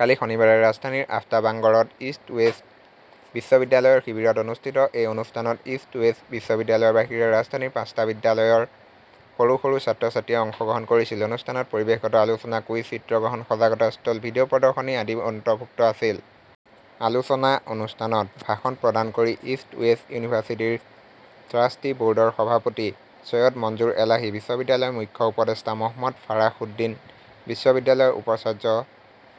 কালি শনিবাৰে ৰাজধানীৰ আফতাবাংগৰত east west বিশ্ববিদ্যালয়ৰ শিবিৰত অনুষ্ঠিত এই অনুষ্ঠানত ইষ্ট ৱেষ্ট বিশ্ববিদ্যালয়ৰ বাহিৰে ৰাজধানীৰ পাঁচটা বিদ্যালয়ৰ সৰু সৰু ছাত্ৰ-ছাত্ৰীয়ে অংশগ্ৰহণ কৰিছিল। অনুষ্ঠানত পৰিৱেশগত আলোচনা, কুইজ, চিত্ৰগ্ৰহণ, সজাগতা ষ্টল, ভিডিঅ 'প্ৰদৰ্শনী আদি অন্তৰ্ভুক্ত আছিল। আলোচনা অনুষ্ঠানত ভাষণ প্ৰদান কৰি ইষ্ট ৱেষ্ট ইউনিভাৰ্চিটিৰ ট্ৰাষ্টী ব'ৰ্ডৰ সভাপতি চৈয়দ মঞ্জুৰ এলাহী, বিশ্ববিদ্যালয়ৰ মুখ্য উপদেষ্টা মহম্মদ ফাৰাসুদ্দিন, বিশ্ববিদ্যালয়ৰ উপাচাৰ্য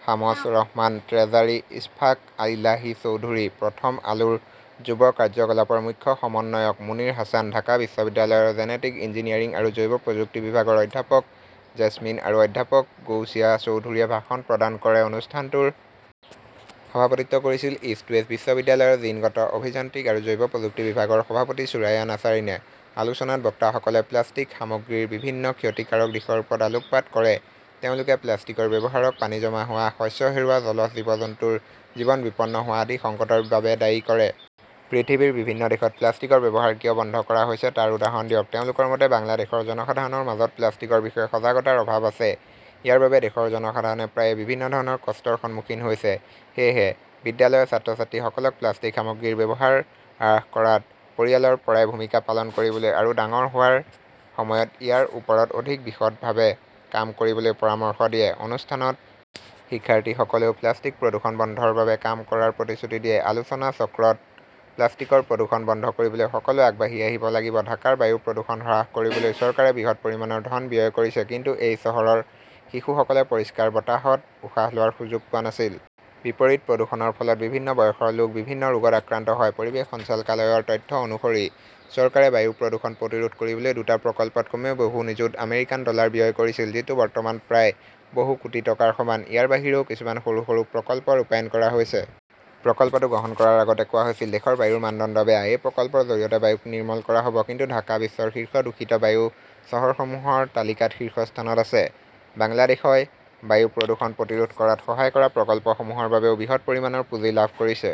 শামছ ৰহমান, ট্ৰেজাৰী ইছফাক ইলাহি চৌধুৰী, প্ৰথম আলোৰ যুৱ কাৰ্যকলাপৰ মুখ্য সমন্বয়ক মুনিৰ হাছান, ঢাকা বিশ্ববিদ্যালয়ৰ জেনেটিক ইঞ্জিনিয়াৰিং আৰু জৈৱ প্ৰযুক্তি বিভাগৰ অধ্যাপক জেছমিন আৰু অধ্যাপক গৌচিয়া চৌধুৰীয়ে ভাষণ প্ৰদান কৰে। অনুষ্ঠানটোৰ সভাপতিত্ব কৰিছিল ইষ্ট ৱেষ্ট বিশ্ববিদ্যালয়ৰ জিনগত অভিযান্ত্ৰিক আৰু জৈৱ প্ৰযুক্তি বিভাগৰ সভাপতি সুৰাইয়া নাছাৰিনে। আলোচনাত বক্তাসকলে প্লাষ্টিক সামগ্ৰীৰ বিভিন্ন ক্ষতিকাৰক দিশৰ ওপৰত আলোকপাত কৰে। তেওঁলোকে প্লাষ্টিকৰ ব্যৱহাৰক পানী জমা হোৱা, শস্য হেৰুওৱা, জলজ জীৱ-জন্তুৰ জীৱন বিপন্ন হোৱা আদি সংকটৰ বাবে দায়ী কৰে। পৃথিৱীৰ বিভিন্ন দেশত প্লাষ্টিকৰ ব্যৱহাৰ কিয় বন্ধ কৰা হৈছে তাৰ উদাহৰণ দিয়ক। তেওঁলোকৰ মতে, বাংলাদেশৰ জনসাধাৰণৰ মাজত প্লাষ্টিকৰ বিষয়ে সজাগতাৰ অভাৱ আছে। ইয়াৰ বাবে দেশৰ জনসাধাৰণে প্ৰায়ে বিভিন্ন ধৰণৰ কষ্টৰ সন্মুখীন হৈছে। সেয়েহে, বিদ্যালয়ৰ ছাত্ৰ-ছাত্ৰীসকলক প্লাষ্টিক সামগ্ৰীৰ ব্যৱহাৰ হ্ৰাস কৰাত পৰিয়ালৰ পৰাই ভূমিকা পালন কৰিবলৈ আৰু ডাঙৰ হোৱাৰ সময়ত ইয়াৰ ওপৰত অধিক বিশদভাৱে কাম কৰিবলৈ পৰামৰ্শ দিয়ে। অনুষ্ঠানত শিক্ষাৰ্থীসকলেও প্লাষ্টিক প্ৰদূষণ বন্ধৰ বাবে কাম কৰাৰ প্ৰতিশ্ৰুতি দিয়ে। আলোচনাচক্ৰত প্লাষ্টিকৰ প্ৰদূষণ বন্ধ কৰিবলৈ সকলোৱে আগবাঢ়ি আহিব লাগিব ঢাকাৰ বায়ু প্ৰদূষণ হ্ৰাস কৰিবলৈ চৰকাৰে বৃহৎ পৰিমাণৰ ধন ব্যয় কৰিছে। কিন্তু এই চহৰৰ শিশুসকলে পৰিষ্কাৰ বতাহত উশাহ লোৱাৰ সুযোগ পোৱা নাছিল। বিপৰীত প্ৰদূষণৰ ফলত বিভিন্ন বয়সৰ লোক বিভিন্ন ৰোগত আক্ৰান্ত হয়। পৰিৱেশ সঞ্চালকালয়ৰ তথ্য অনুসৰি, চৰকাৰে বায়ু প্ৰদূষণ প্ৰতিৰোধ কৰিবলৈ দুটা প্ৰকল্পত কমেও বহু নিযুত আমেৰিকান ডলাৰ ব্যয় কৰিছিল, যিটো বৰ্তমান প্ৰায় বহু কোটি টকাৰ সমান। ইয়াৰ বাহিৰেও কিছুমান সৰু সৰু প্ৰকল্প ৰূপায়ণ কৰা হৈছে। প্ৰকল্পটো গ্ৰহণ কৰাৰ আগতে কোৱা হৈছিল, 'দেশৰ বায়ুৰ মানদণ্ড বেয়া'। এই প্ৰকল্পৰ জৰিয়তে বায়ুক 'নিৰ্মল' কৰা হ'ব। কিন্তু ঢাকা বিশ্বৰ শীৰ্ষ দূষিত বায়ু চহৰসমূহৰ তালিকাত শীৰ্ষস্থানত আছে। বাংলাদেশই বায়ু প্ৰদূষণ প্ৰতিৰোধ কৰাত সহায় কৰা প্ৰকল্পসমূহৰ বাবেও বৃহৎ পৰিমাণৰ পুঁজি লাভ কৰিছে।